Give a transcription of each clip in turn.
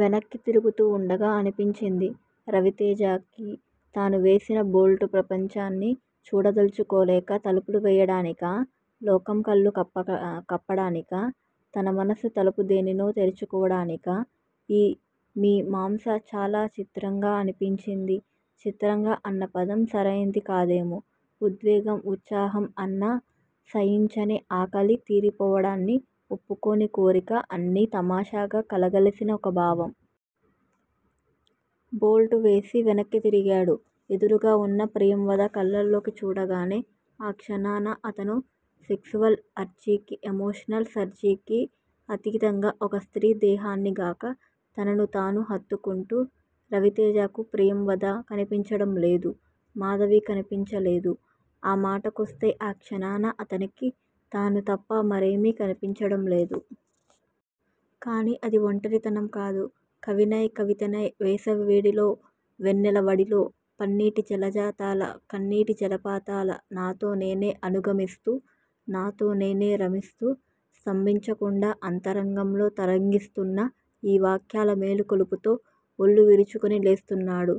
వెనక్కి తిరుగుతూ వుండగా అనిపించింది రవితేజకి- తాను వేసిన బోల్టు ప్రపంచాన్ని చూడదల్చుకోలేక తలుపులు వేయడానికా? లోకం కళ్ళు కప్పడానికా? తన మనసు తలుపు దేనినో తెరుచుకోవడానికా? ఈ మీమాంస చాలా చిత్రంగా అనిపించింది. 'చిత్రంగా' అన్న పదం సరైంది కాదేమో! ఉద్వేగం, ఉత్సాహం, అన్న సయించని ఆకలి తీరిపోవడాన్ని ఒప్పుకోని కోరిక అన్నీ తమాషాగా కలగలసిన ఒక భావం! బోల్టు వేసి వెనక్కి తిరిగాడు. ఎదురుగా వున్న ప్రియంవద కళ్ళలోకి చూడగానే ఆ క్షణాన అతను సెక్సువల్ ఆర్జ్ కీ ఎమోషనల్ సర్జ్ కీ అతీతంగా ఒక స్త్రీ దేహాన్ని గాక, తనను తాను హత్తుకుంటూ- రావితేజకి ప్రియంవద కనిపించడం లేదు. మాధవీ కనిపించలేదు. ఆ మాటకొస్తే ఆ క్షణాన అతనికి తను తప్ప మరేమీ కనిపించడంలేదు. కానీ అది ఒంటరితనం కాదు. కవినై, కవితనై, వేసవి వేడిలో వెన్నెల వాడిలో, పన్నీటి జలజాతాల, కన్నీటి జలపాతాల నాతో నేనే అనుగమిస్తూ నాతో నేనే రమిస్తూ స్తంభించకుండా అంతరంగంలో తరంగిస్తోన్న ఈ వాక్యాల మేలుకొలుపుతో ఒళ్ళు విరుచుకొని లేస్తున్నాడు.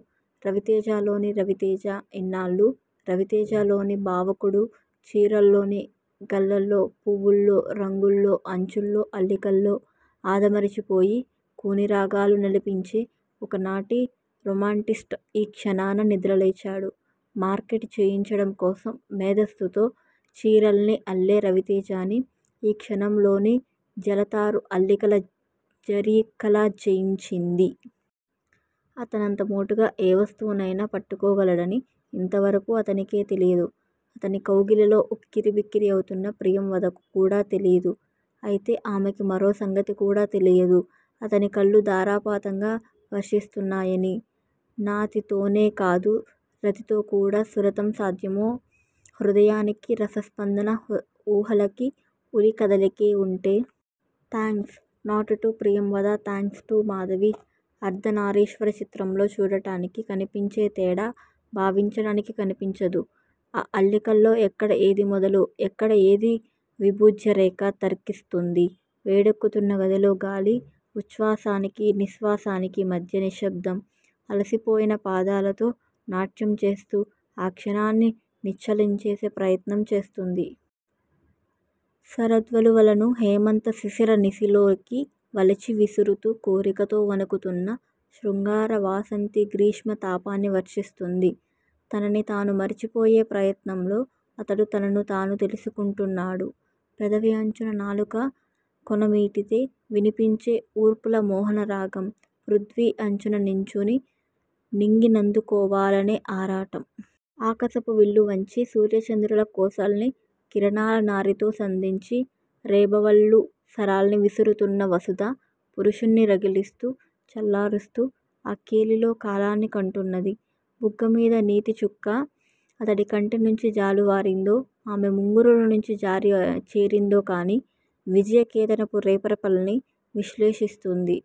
రవితేజలోని 'రవితేజ'. ఇన్నాళ్ళూ రవితేజలోని భావుకుడు చీరల్లోని గళ్ళల్లో, పువ్వుల్లో, రంగుల్లో, అంచుల్లో, అల్లికల్లో ఆదమరచిపోయి, కూనిరాగాల నలపించే ఒకనాటి రొమాంటిస్టు ఈ క్షణాన నిద్రలేచాడు మార్కెట్ జయించడం కోసం మేధస్సుతో చీరల్ని అల్లే రవితేజని ఈ క్షణంలోని జలతారు అల్లికల జరీ కల జయించింది. అతనంత మోటుగా ఏ వస్తువునైనా పట్టుకోగలడని యింత వరకూ అతనికే తెలియదు- అతని కౌగిలిలో ఉక్కిరి బిక్కిరి అవుతున్న ప్రియంవదకు కూడా తెలీదు. అయితే ఆమెకి మరో సంగతి కూడా తెలియదు. అతని కళ్ళు ధారాపాతంగా వర్షిస్తున్నాయని. నాతి తోనె కాదు రాతితో కూడా సురతం సాధ్యమె హృదయానికి రస స్పందనా ఊహలకి ఉలి కదలికే వుంటే! Thanks not to Priyamvada thanks to Madhavi Ardhanarishwara చిత్రంలో చూడటానికి కనిపించే తేడా భావించడానికి కనిపించదు. ఆ అల్లికలో ఎక్కడ ఏది మొదలు, ఎక్కడ ఏది విభుజ్యరేఖ? తర్కిస్తోంది వేడెక్కుతున్న గదిలో గాలి. ఉచ్చ్వాసానికి, నిశ్వాసానికి మధ్య నిశ్శబ్దం, అలసిపోయిన పాదాలతో నాట్యంచేస్తూ ఆ క్షణాన్ని నిశ్చలంచేసే ప్రయత్నం చేస్తుంది. శరద్వలువలను హేమంత శిశిర నిశిలోకి వలిచి విసురుతూ, కోరికతో వణుకుతున్న శృంగార వాసంతి గ్రీష్మ తాపాన్ని వర్షిస్తోంది. తనని తాను మరచిపోయే ప్రయత్నంలో అతడు తనను తాను తెలుసుకుంటున్నాడు. పెదవి అంచుని నాలుక కొన మీటితే వినిపించే ఊర్పుల మోహనరాగం. పృథ్వి అంచున నించుని నింగినందుకోవాలనే ఆరాటం. ఆకసపు విల్లు వంచి, సూర్యచంద్రుల కొసల్ని కిరణాల నారితో సంధించి రేబవళ్ళ సరాల్ని విసురుతున్న వసుధ, పురుషున్ని రగిలిస్తూ, చల్లారుస్తూ ఆ కేళిలో కాలాన్ని కంటున్నది. బుగ్గమీద నీతి చుక్క అతడి కంటినుంచి జాలువారిందో, ఆమె ముంగురులు నుంచి జారి చేరిందోకాని, విజయ కేతనపు రెపరెపల్ని విశ్లేషిస్తోంది.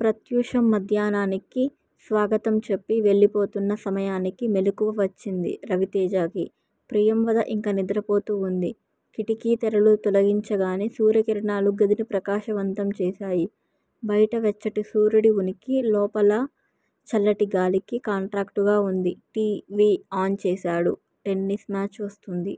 ప్రత్యూషం మధ్యాహ్నానికి స్వాగతం చెప్పి, వెళ్ళిపోతున్న సమయానికి మెలకువ వచ్చింది రవితేజకి. ప్రియంవద ఇంకా నిద్రపోతూ వుంది. కిటికీ తెరలు తొలగించగానే సూర్యకిరణాలు గదిని ప్రకాశవంతం చేశాయి. బయట వెచ్చటి సూర్యుడి ఉనికి, లోపలి చల్లటిగాలికి కాంట్రాక్టుగా వుంది. టీ. వీ. ఆన్ చేశాడు. టెన్నిస్ మాచ్ వస్తోంది.